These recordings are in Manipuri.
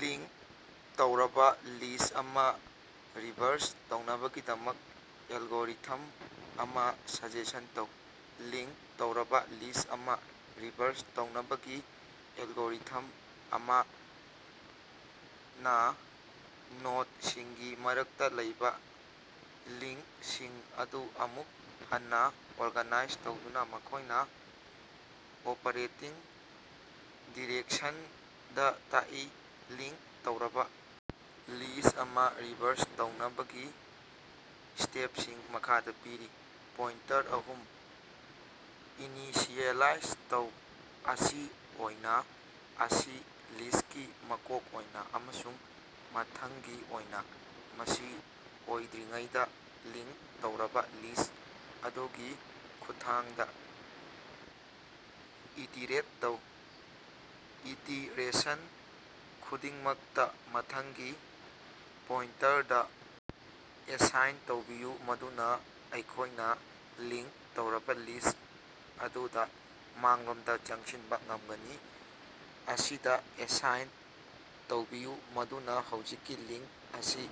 ꯂꯤꯉ꯭ꯛ ꯇꯧꯔꯕ ꯂꯤꯁ꯭ꯠ ꯑꯃ ꯔꯤꯚꯔꯁ ꯇꯧꯅꯕꯒꯤꯗꯃꯛ ꯑꯦꯂꯒꯣꯔꯤꯊꯝ ꯑꯃ ꯁꯖꯦꯁꯟ ꯇꯧ꯫ ꯂꯤꯉ꯭ꯛ ꯇꯧꯔꯕ ꯂꯤꯁ꯭ꯠ ꯑꯃ ꯔꯤꯚꯔꯁ ꯇꯧꯅꯕꯒꯤ ꯑꯦꯂꯒꯣꯔꯤꯊꯝ ꯑꯃꯅ ꯅꯣꯗꯁꯤꯡꯒꯤ ꯃꯔꯛꯇ ꯂꯩꯕ ꯂꯤꯉ꯭ꯛꯁꯤꯡ ꯑꯗꯨ ꯑꯃꯨꯛ ꯍꯟꯅ ꯑꯣꯔꯒꯥꯅꯥꯏꯖ ꯇꯧꯗꯨꯅ ꯃꯈꯣꯏꯅ ꯑꯣꯄꯔꯦꯇꯤꯡ ꯗꯤꯔꯦꯛꯁꯟꯗ ꯇꯥꯛꯏ꯫ ꯂꯤꯉ꯭ꯛ ꯇꯧꯔꯕ ꯂꯤꯁ꯭ꯠ ꯑꯃ ꯔꯤꯚꯔꯁ ꯇꯧꯅꯕꯒꯤ ꯁ꯭ꯇꯦꯞꯁꯤꯡ ꯃꯈꯥꯗ ꯄꯤꯔꯤ ꯄꯣꯏꯟꯇꯔ ꯑꯍꯨꯝ ꯏꯅꯤꯁꯤꯑꯦꯂꯥꯏꯖ ꯇꯧ, ꯑꯁꯤ ꯑꯣꯏꯅ, ꯑꯁꯤ ꯂꯤꯁ꯭ꯇꯀꯤ ꯃꯀꯣꯛ ꯑꯣꯏꯅ, ꯑꯃꯁꯨꯡ ꯃꯊꯪꯒꯤ ꯑꯣꯏꯅ꯫ ꯑꯁꯤ ꯑꯣꯏꯗ꯭ꯔꯤꯉꯩꯗ ꯂꯤꯉ꯭ꯛ ꯇꯧꯔꯕ ꯂꯤꯁ꯭ꯠ ꯑꯗꯨꯒꯤ ꯈꯨꯠꯊꯥꯡꯗ ꯏꯇꯤꯔꯦꯠ ꯇꯧ꯫ ꯏꯇꯤꯔꯦꯁꯟ ꯈꯨꯗꯤꯡꯃꯛꯇ ꯃꯊꯪꯒꯤ ꯄꯣꯏꯟꯇꯔꯗ ꯑꯦꯁꯥꯏꯟ ꯇꯧꯕꯤꯌꯨ ꯃꯗꯨꯅ ꯑꯩꯈꯣꯏꯅ ꯂꯤꯉ꯭ꯛ ꯇꯧꯔꯕ ꯂꯤꯁ꯭ꯠ ꯑꯗꯨꯗ ꯃꯥꯡꯂꯣꯝꯗ ꯆꯪꯁꯤꯟꯕ ꯉꯝꯒꯅꯤ꯫ ꯑꯁꯤꯗ ꯑꯦꯁꯥꯏꯟ ꯇꯧꯕꯤꯌꯨ ꯃꯗꯨꯅ ꯍꯧꯖꯤꯛꯀꯤ ꯂꯤꯉ꯭ꯛ ꯑꯁꯤ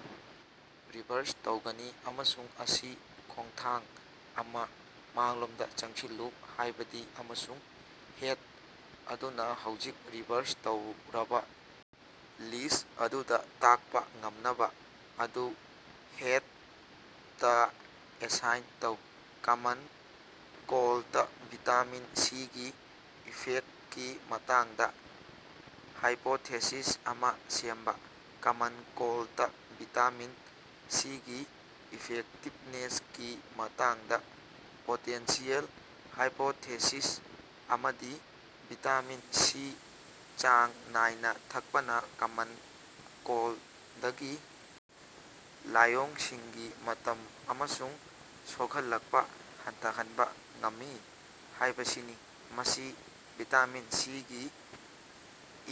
ꯔꯤꯚꯔꯁ ꯇꯧꯒꯅꯤ꯫ ꯑꯃꯁꯨꯡ ꯑꯁꯤ ꯈꯣꯡꯊꯥꯡ ꯑꯃ ꯃꯥꯡꯂꯣꯝꯗ ꯆꯪꯁꯤꯜꯂꯨ ꯍꯥꯏꯕꯗꯤ ꯑꯃꯁꯨꯡ ꯍꯦꯗ ꯑꯗꯨꯅ ꯍꯧꯖꯤꯛ ꯔꯤꯚꯥꯔꯁ ꯇꯧꯔꯕ ꯂꯤꯁ꯭ꯠ ꯑꯗꯨꯗ ꯇꯥꯛꯄ ꯉꯝꯅꯕ ꯑꯗꯨ ꯍꯦꯗꯇ ꯑꯦꯁꯥꯏꯟ ꯇꯧ꯫ ꯀꯃꯟ ꯀꯣꯜꯗꯇ ꯚꯤꯇꯥꯃꯤꯟ ꯁꯤꯒꯤ ꯏꯐꯦꯛꯇꯀꯤ ꯃꯇꯥꯡꯗ ꯍꯥꯏꯄꯣꯊꯦꯁꯤꯁ ꯑꯃ ꯁꯦꯝꯕ꯫ ꯀꯃꯟ ꯀꯣꯜꯗꯇ ꯚꯤꯇꯥꯃꯤꯟ ꯁꯤꯒꯤ ꯏꯐꯦꯛꯇꯤꯕꯅꯦꯁꯀꯤ ꯃꯇꯥꯡꯗ ꯄꯣꯇꯦꯟꯁꯤꯌꯦꯜ ꯍꯥꯏꯄꯣꯊꯦꯁꯤꯁ ꯑꯃꯗꯤ ꯚꯤꯇꯥꯃꯤꯟ ꯁꯤ ꯆꯥꯡ ꯅꯥꯏꯅ ꯊꯛꯄꯅ ꯀꯃꯟ ꯀꯣꯜꯗꯀꯤ ꯂꯥꯏꯑꯣꯡꯁꯤꯡꯒꯤ ꯃꯇꯝ ꯑꯃꯁꯨꯡ ꯁꯣꯛꯍꯜꯂꯛꯄ ꯍꯟꯊꯍꯟꯕ ꯉꯝꯃꯤ ꯍꯥꯏꯕꯁꯤꯅꯤ꯫ ꯃꯁꯤ ꯚꯤꯇꯥꯃꯤꯟ ꯁꯤꯒꯤ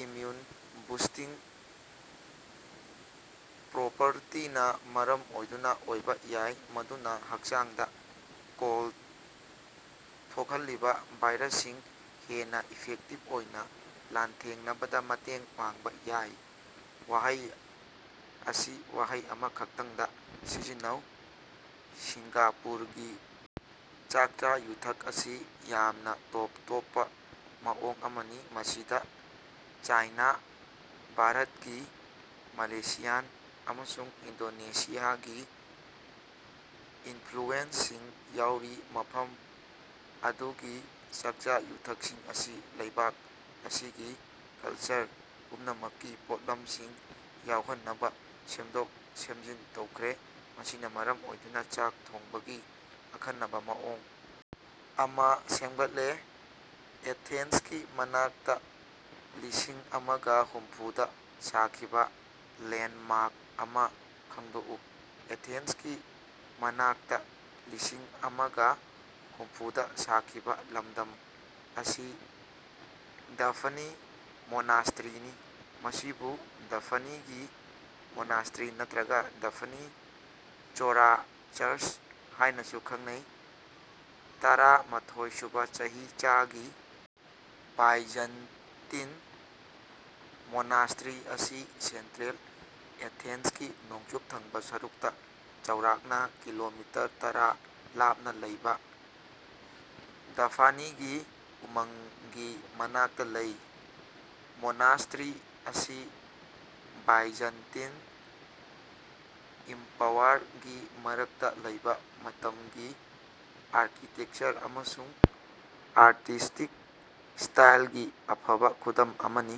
ꯏꯝꯌꯨꯟ-ꯕꯨꯁꯇꯤꯡ ꯄ꯭ꯔꯣꯄꯔꯇꯤꯅ ꯃꯔꯝ ꯑꯣꯏꯗꯨꯅ ꯑꯣꯏꯕ ꯌꯥꯏ, ꯃꯗꯨꯅ ꯍꯛꯆꯥꯡꯗ ꯀꯣꯜꯗ ꯊꯣꯛꯍꯜꯂꯤꯕ ꯚꯥꯏꯔꯁꯁꯤꯡ ꯍꯦꯟꯅ ꯏꯐꯦꯛꯇꯤꯚ ꯑꯣꯏꯅ ꯂꯥꯟꯊꯦꯡꯅꯕꯗ ꯃꯇꯦꯡ ꯄꯥꯡꯕ ꯌꯥꯏ꯫ ꯋꯥꯍꯩ ꯑꯁꯤ ꯋꯥꯍꯩ ꯑꯃꯈꯛꯇꯪꯗ ꯁꯤꯖꯤꯟꯅꯧ꯫ꯁꯤꯡꯒꯥꯄꯨꯔꯒꯤ ꯆꯥꯛꯆꯥ-ꯌꯨꯊꯛ ꯑꯁꯤ ꯌꯥꯝꯅ ꯇꯣꯞ ꯇꯣꯞꯄ ꯃꯑꯣꯡ ꯑꯃꯅꯤ꯫ꯃꯁꯤꯗ ꯆꯥꯏꯅꯥ, ꯚꯥꯔꯠꯀꯤ, ꯃꯂꯦꯁꯤꯌꯥꯟ ꯑꯃꯁꯨꯡ ꯏꯟꯗꯣꯅꯦꯁꯤꯌꯥꯒꯤ ꯏꯅꯐ꯭ꯂꯨꯑꯦꯟꯁꯁꯤꯡ ꯌꯥꯎꯔꯤ꯫ ꯃꯐꯝ ꯑꯗꯨꯒꯤ ꯆꯥꯛꯆꯥ-ꯌꯨꯊꯛꯁꯤꯡ ꯑꯁꯤ ꯂꯩꯕꯥꯛ ꯑꯁꯤꯒꯤ ꯀꯜꯆꯔ ꯄꯨꯝꯅꯃꯛꯀꯤ ꯄꯣꯠꯂꯝꯁꯤꯡ ꯌꯥꯎꯍꯟꯅꯕ ꯁꯦꯝꯗꯣꯛ-ꯁꯦꯝꯖꯤꯟ ꯇꯧꯈ꯭ꯔꯦ꯫ ꯃꯁꯤꯅ ꯃꯔꯝ ꯑꯣꯏꯗꯨꯅ ꯆꯥꯛ ꯊꯣꯡꯕꯒꯤ ꯑꯈꯟꯅꯕ ꯃꯑꯣꯡ ꯑꯃ ꯁꯦꯝꯒꯠꯂꯦ꯫ ꯑꯦꯊꯦꯟꯁꯀꯤ ꯃꯅꯥꯛꯇꯥ ꯂꯤꯁꯤꯡꯑꯃꯒ ꯍꯨꯝꯐꯨ ꯗ ꯁꯥꯈꯤꯕ ꯂꯦꯟꯗꯃꯥꯔꯛ ꯑꯃ ꯈꯪꯗꯣꯛꯎ꯫ ꯑꯦꯊꯦꯟꯁꯀꯤ ꯃꯅꯥꯛꯇ ꯂꯤꯁꯤꯡ ꯑꯃꯒ ꯍꯨꯝꯐꯨꯗ ꯁꯥꯈꯤꯕ ꯂꯝꯗꯝ ꯑꯁꯤ ꯗꯥꯐ꯭ꯅꯤ ꯃꯣꯅꯥꯁꯇ꯭ꯔꯤꯅꯤ꯫ ꯃꯁꯤꯕꯨ ꯗꯥꯐꯅꯤꯒꯤ ꯃꯣꯅꯥꯁꯇ꯭ꯔꯤ ꯅꯠꯇꯔꯒ ꯗꯥꯐ꯭ꯅꯤ ꯆꯣꯔꯥ ꯆꯔꯆ ꯍꯥꯏꯅꯥꯁꯨ ꯈꯪꯅꯩ꯫ ꯇꯔꯥꯃꯥꯊꯣꯏ ꯁꯨꯕ ꯆꯍꯤꯆꯥꯒꯤ ꯕꯥꯏꯖꯟꯇꯤꯟ ꯃꯣꯅꯥꯁꯇ꯭ꯔꯤ ꯑꯁꯤ ꯁꯦꯟꯇꯔꯦꯜ ꯑꯦꯊꯦꯟꯁꯀꯤ ꯅꯣꯡꯆꯨꯞ ꯊꯪꯕꯥ ꯁꯔꯨꯛꯇ ꯆꯥꯎꯔꯥꯛꯅ ꯀꯤꯂꯣꯃꯤꯇꯔ ꯇꯔꯥ ꯂꯥꯞꯅꯥ ꯂꯩꯕ ꯗꯥꯐꯅꯤꯒꯤ ꯎꯃꯪꯒꯤ ꯃꯅꯥꯛꯇ ꯂꯩ꯫ ꯃꯣꯅꯥꯁ꯭ꯠꯔꯤ ꯑꯁꯤ ꯕꯥꯏꯖꯟꯇꯤꯟ ꯏꯝꯄꯥꯌꯔꯒꯤ ꯃꯔꯛꯇ ꯂꯩꯕ ꯃꯇꯝꯒꯤ ꯑꯥꯔꯀꯤꯇꯦꯛꯆꯔ ꯑꯃꯁꯨꯡ ꯑꯥꯔꯇꯤꯁ꯭ꯇꯤꯛ ꯁ꯭ꯇꯥꯏꯜꯒꯤ ꯑꯐꯕ ꯈꯨꯗꯝ ꯑꯃꯅꯤ꯫